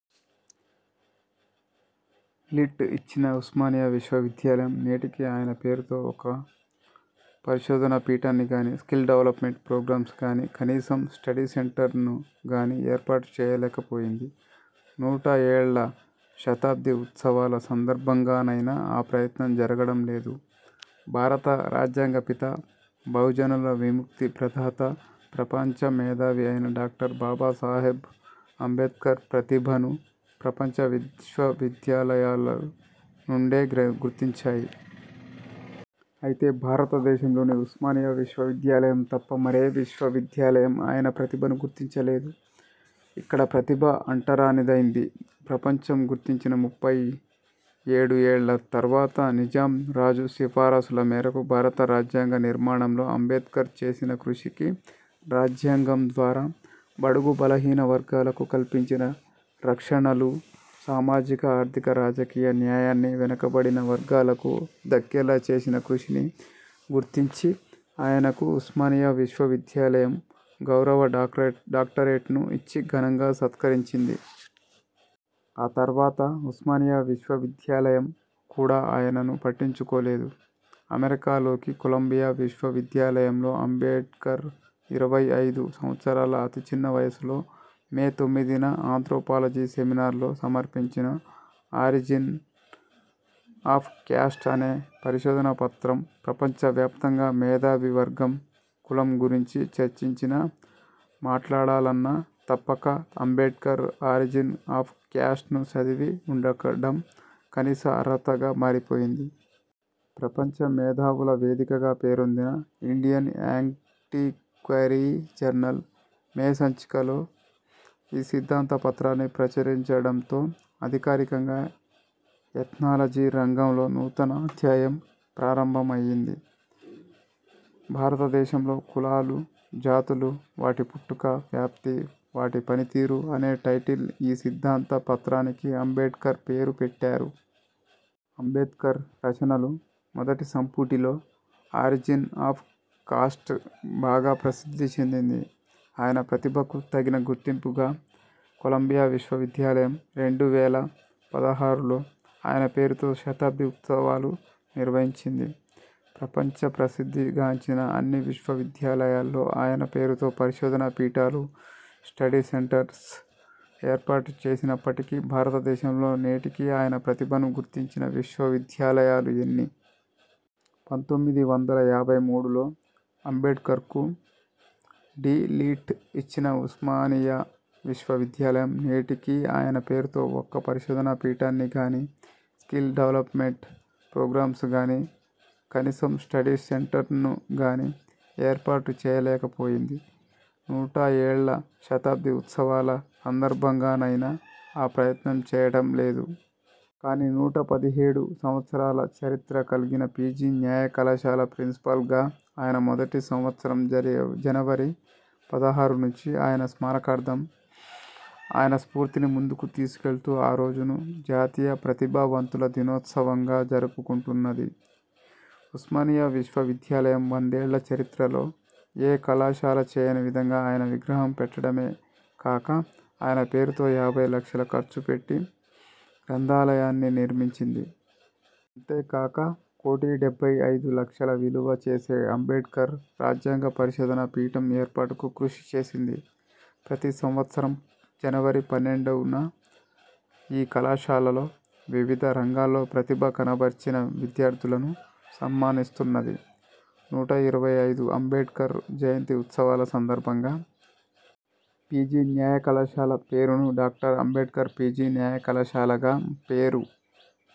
Lit ఇచ్చిన ఉస్మానియా విశ్వ విద్యాలయం నేటికీ ఆయన పేరుతో ఒక్క పరిశోధన పీఠాన్ని గానీ, స్కిల్ డెవలప్మెంట్ ప్రోగ్రామ్స్ గానీ కనీసం స్టడీ సెంటర్స్ను గానీ ఏర్పాటు చేయలేక పోయింది. నూట ఏళ్ళ శతాబ్ధి ఉత్సవాల సందర్భంగానైనా ఆ ప్రయత్నం జరగడం లేదు. భారత రాజ్యాంగ పిత, బహుజనుల విముక్తి ప్రదాత ప్రపంచ మేధావి అయిన డాక్టర్ బాబాసాహెబ్ అంబేద్కర్ ప్రతిభను ప్రపంచ విశ్వ విద్యాలయాల నుండే గుర్తించాయి. అయితే భారత దేశంలోని ఉస్మానియా విశ్వవిద్యాలయం తప్ప మరే విశ్వ విద్యాలయం ఆయన ప్రతిభను గుర్తించలేదు. ఇక్కడ ప్రతిభ అంటరాని దైంది. ప్రపంచం గుర్తించిన ముప్పై ఏడు ఏళ్ళ తర్వాత నిజాం రాజు సిఫారసుల మేరకు భారత రాజ్యాంగ నిర్మాణంలో అంబేద్కర్ చేసిన కృషికి, రాజ్యాంగం ద్వారా బడుగు బలహీన వర్గాలకు కల్పించిన రక్షణలు సామాజిక, ఆర్థిక, రాజకీయ న్యాయాన్ని వెనుకబడిన వర్గాలకు దక్కేలా చేసిన కృషిని గుర్తించి ఆయనకు ఉస్మానియా విశ్వ విద్యాలయం గౌరవ డాక్టరే డాక్టరేట్ను ఇచ్చి ఘనంగా సత్కరించింది. ఆ తర్వాత ఉస్మానియా విశ్వ విద్యాలయం కూడా ఆయనను పట్టించుకోలేదు. అమెరికాలోకి కొలంబియా విశ్వ విద్యాలయంలో అంబేడ్కర్ ఇరవై ఐదు సంవత్సరాల అతి చిన్న వయసులో మే తొమ్మిదిన ఆంత్రోపాలజీ సెమినార్లో సమర్పించిన 'ఆరిజన్ ఆఫ్ క్యాస్ట్' అనే పరిశోధన పత్రం ప్రపంచ వ్యాప్తంగా మేధావి వర్గం కులం గురించి చర్చించినా మాట్లాడాలన్నా తప్పక అంబేడ్కర్ ఆరిజిన్ ఆఫ్ కాస్ట్ను చదివి ఉండడం కనీస అర్హతగా మారిపోయింది. ప్రపంచ మేధావుల వేదికగా పేరొందిన 'ఇండియన్ యాంటిక్వరీ జర్నల్' మే సంచికలో ఈ సిద్ధాంత పత్రాన్ని ప్రచురించడంతో అధికారికంగా ''ఎథ్నాలజీ'' రంగంలో నూతన అధ్యాయం ప్రారంభం అయింది. భారతదేశంలో కులాలు, జాతులు, వాటి పుట్టుక, వ్యాప్తి, వాటి పనితీరు, అనే టైటిల్ ఈ సిద్ధాంత పత్రానికి అంబేడ్కర్ పేరు పెట్టారు. అంబేద్కర్ రచనలు మొదటి సంపుటిలో 'ఆరిజిన్ ఆఫ్ కాస్ట్' బాగా ప్రసిద్ధి చెందింది. ఆయన ప్రతిభకు తగిన గుర్తింపుగా కొలంబియా విశ్వ విద్యాలయం రెండు వేల పదహారులో ఆయన పేరుతో శతాబ్ధి ఉత్సవాలు నిర్వహించింది. ప్రపంచ ప్రసిద్ధి గాంచిన అన్ని విశ్వ విద్యాలయాల్లో ఆయన పేరుతో పరిశోధన పీఠాలు, స్టడీ సెంటర్స్ ఏర్పాటు చేసినప్పటికీ భారతదేశంలో నేటికి ఆయన ప్రతిభను గుర్తించిన విశ్వవిద్యాలయాలు ఎన్ని? పంతొమ్మిది వందల యాభై మూడులో అంబేడ్కర్కు డి. లిట్ ఇచ్చిన ఉస్మానియా విశ్వ విద్యాలయం నేటికి ఆయన పేరుతో ఒక్క పరిశోధన పీఠాన్ని గానీ, స్కిల్ డెవలప్మెంట్ ప్రోగ్రామ్స్ గానీ కనీసం స్టడీ సెంటర్ను గానీ ఏర్పాటు చేయలేక పోయింది. నూట ఏళ్ళ శతాబ్ధి ఉత్సవాల సందర్భంగానైనా ఆ ప్రయత్నం చేయడం లేదు. కానీ నూట పదిహేడు సంవత్సరాల చరిత్ర కల్గిన పీజీ న్యాయ కళాశాల ప్రిన్సిపల్గా అయిన మొదటి సంవత్సరం జ జనవరి పదహారు నుంచి ఆయన స్మారకార్థం, ఆయన స్ఫూర్తిని ముందుకు తీసుకెళ్తూ ఆ రోజును జాతీయ ప్రతిభావంతుల దినోత్సవంగా జరుపుకుంటున్నది. ఉస్మానియా విశ్వ విద్యాలయం వందేళ్ళ చరిత్రలో ఏ కళాశాల చేయని విధంగా ఆయన విగ్రహం పెట్టడమే కాక, ఆయన పేరుతో యాభై లక్షలు ఖర్చు పెట్టి గ్రంథాలయాన్ని నిర్మించింది. అంతేకాక, కోటి డెబ్బై అయిదు లక్షల విలువ చేసే అంబేడ్కర్ రాజ్యాంగ పరిశోధన పీఠం ఏర్పాటుకు కృషి చేసింది. ప్రతి సంవత్సరం జనవరి పన్నెండున, ఈ కళాశాలలో వివిధ రంగాల్లో ప్రతిభ కనపర్చిన విద్యార్థులను సన్మానిస్తున్నది. నూట ఇరవై ఐదు అంబేడ్కర్ జయంతి ఉత్సవాల సందర్భంగా పీజీ న్యాయ కళాశాల పేరును డాక్టర్ అంబేడ్కర్ పీజీ న్యాయ కళాశాలగా పేరు